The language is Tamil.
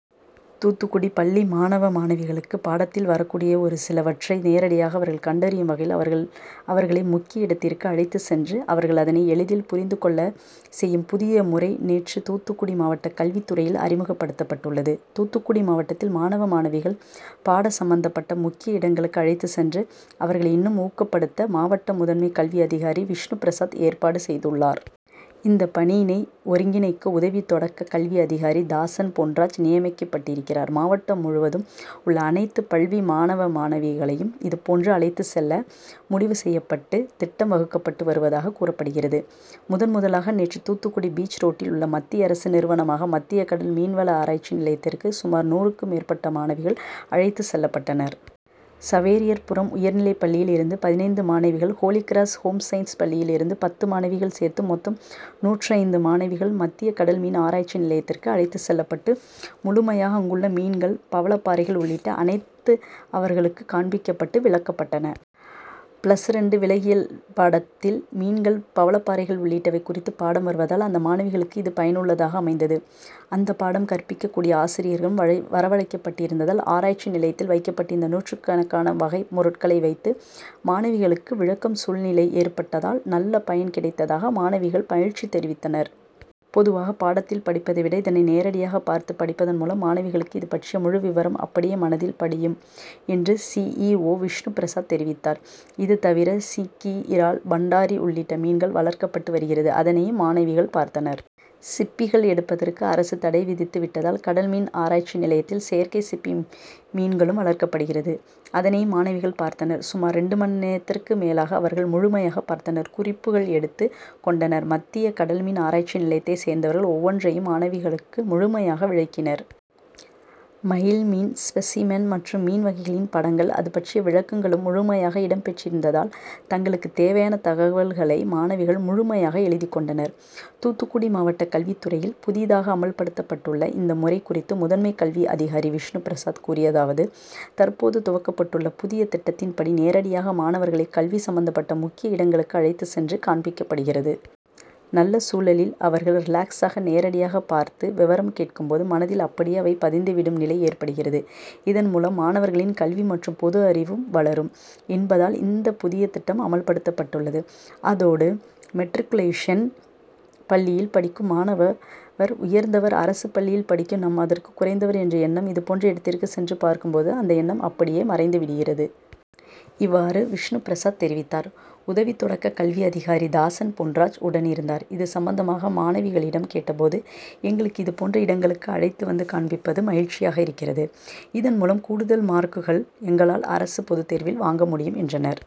தூத்துக்குடி பள்ளி மாணவ, மாணவிகளுக்கு பாடத்தில் வரக் கூடிய ஒரு சிலவற்றை நேரடியாக அவர்கள் கண்டறியும் வகையில் அவர்களை முக்கிய இடத்திற்கு அழைத்து சென்று அவர்கள் அதனை எளிதில் புரிந்து கொள்ள செய்யும் புதிய முறை நேற்று தூத்துக்குடி மாவட்ட கல்வித்துறையில் அறிமுகப்படுத்தப்பட்டுள்ளது. தூத்துக்குடி மாவட்டத்தில் மாணவ, மாணவிகள் பாட சம்பந்தபட்ட முக்கிய இடங்களுக்கு அழைத்து சென்று அவர்களை இன்னும் ஊக்கப்படுத்த மாவட்ட முதன்மை கல்வி அதிகாரி விஷ்ணுபிரசாத் ஏற்பாடு செய்துள்ளார். இந்த பணியினை ஒருங்கிணைக்க உதவி தொடக்க கல்வி அதிகாரி தாசன் பொன்ராஜ் நியமிக்கப்பட்டிருக்கிறார். மாவட்டம் முழுவதும் உள்ள அனைத்து பள்ளி மாணவ, மாணவிகளையும் இது போன்று அழைத்து செல்ல முடிவு செய்யப்பட்டு திட்டம் வகுக்கப்பட்டு வருவதாக கூறப்படுகிறது. முதல், முதலாக நேற்று தூத்துக்குடி பீச் ரோட்டில் உள்ள மத்திய அரசு நிறுவனமான மத்திய கடல் மீன்வள ஆராய்ச்சி நிலையத்திற்கு சுமார் நூறுக்கும் மேற்பட்ட மாணவிகள் அழைத்து செல்லப்பட்டனர். சவேரியார்புரம் உயர்நிலைப் பள்ளியில் இருந்து பதினைந்து மாணவிகள், ஹோலிகிராஸ் ஹோம் சயின்ஸ் பள்ளியில் இருந்து பத்து மாணவிகள் சேர்த்து மொத்தம் நூற்று ஐந்து மாணவிகள் மத்திய கடல் மீன் ஆராய்ச்சி நிலையத்திற்கு அழைத்து செல்லப்பட்டு முழுமையாக அங்குள்ள மீன்கள், பவளப்பாறைகள் உள்ளிட்ட அனைத்தும் அவர்களுக்கு காண்பிக்கப்பட்டு விளக்கப்பட்டன. பிளஸ் இரண்டு விலங்கியல் பாடத்தில் மீன்கள், பவளப்பாறைகள் உள்ளிட்டவை குறித்து பாடம் வருவதால் அந்த மாணவிகளுக்கு இது பயனுள்ளதாக அமைந்தது. அந்த பாடம் கற்பிக்க கூடிய ஆசிரியர்களும் வரவழைக்கப்பட்டிருந்ததால் ஆராய்ச்சி நிலையத்தில் வைக்கப்பட்டிருந்த நூற்றுக்கணக்கான வகை பொருட்களை வைத்து மாணவிகளுக்கு விளக்கும் சூழ்நிலை ஏற்பட்டதால் நல்ல பயன் கிடைத்ததாக மாணவிகள் மகிழ்ச்சி தெரிவித்தனர். பொதுவாக பாடத்தில் படிப்பதை விட இதனை நேரடியாக பார்த்து படிப்பதன் மூலம் மாணவிகளுக்கு இது பற்றிய முழு விபரம் அப்படியே மனதில் படியும் என்று சி. இ. ஓ விஷ்ணுபிரசாத் தெரிவித்தார். இது தவிர சிங்கி இரால், பண்டாரி உள்ளிட்ட மீன்கள் வளர்க்கப்பட்டு வருகிறது. அதனையும் மாணவிகள் பார்த்தனர். சிப்பிகள் எடுப்பதற்கு அரசு தடை விதித்து விட்டதால் கடல் மீன் ஆராய்ச்சி நிலையத்தில் செயற்கை சிப்பி மீன்களும் வளர்க்கப்படுகிறது. அதனையும் மாணவிகள் பார்த்தனர். சுமார் இரண்டு மணி நேரத்திற்கு மேலாக அவர்கள் முழுமையாக பார்த்தனர். குறிப்புகள் எடுத்து கொண்டனர். மத்திய கடல்மீன் ஆராய்ச்சி நிலையத்தை சேர்ந்தவர்கள் ஒவ்வொன்றையும் மாணவிகளுக்கு முழுமையாக விளக்கினர். மயில் மீன் ஸ்பெசிமன் மற்றும் மீன் வகைகளின் படங்கள், அது பற்றிய விளக்கங்களும் முழுமையாக இடம் பெற்றிருந்ததால் தங்களுக்கு தேவையான தகவல்களை மாணவிகள் முழுமையாக எழுதிக் கொண்டனர். தூத்துக்குடி மாவட்ட கல்வித்துறையில் புதியதாக அமல்படுத்தப்பட்டுள்ள இந்த முறை குறித்து முதன்மை கல்வி அதிகாரி விஷ்ணுபிரசாத் கூறியதாவது தற்போது துவக்கப்பட்டுள்ள புதிய திட்டத்தின்படி நேரடியாக மாணவர்களை கல்வி சம்பந்தப்பட்ட முக்கிய இடங்களுக்கு அழைத்து சென்று காண்பிக்கப்படுகிறது. நல்ல சூழலில் அவர்கள் ரிலாக்ஸ் ஆக நேரடியாக பார்த்து விபரம் கேட்கும் போது மனதில் அப்படியே அவை பதிந்து விடும் நிலை ஏற்படுகிறது. இதன் மூலம் மாணவர்களின் கல்வி மற்றும் பொது அறிவும் வளரும் என்பதால் இந்த புதிய திட்டம் அமல்படுத்தப்பட்டுள்ளது. அதோடு மெட்ரிக்குலேஷன் பள்ளியில் படிக்கும் மாணவர் உயர்ந்தவர், அரசு பள்ளியில் படிக்கும் நாம் அதற்கு குறைந்தவர் என்ற எண்ணமும் இதுபோன்ற இடத்திற்கு சென்று பார்க்கும் போது அந்த எண்ணம் அப்படியே மறைந்து விடுகிறது. இவ்வாறு விஷ்ணுபிரசாத் தெரிவித்தார். உதவி தொடக்க கல்வி அதிகாரி தாசன் பொன்ராஜ் உடனிருந்தார். இது சம்பந்தமாக மாணவிகளிடம் கேட்ட போது, எங்களுக்கு இது போன்ற இடங்களுக்கு அழைத்து வந்து காண்பிப்பது மகிழ்ச்சியாக இருக்கிறது. இதன் மூலம் கூடுதல் மார்க்குகள் எங்களால் அரசு பொது தேர்வில் வாங்க முடியும் என்றனர்.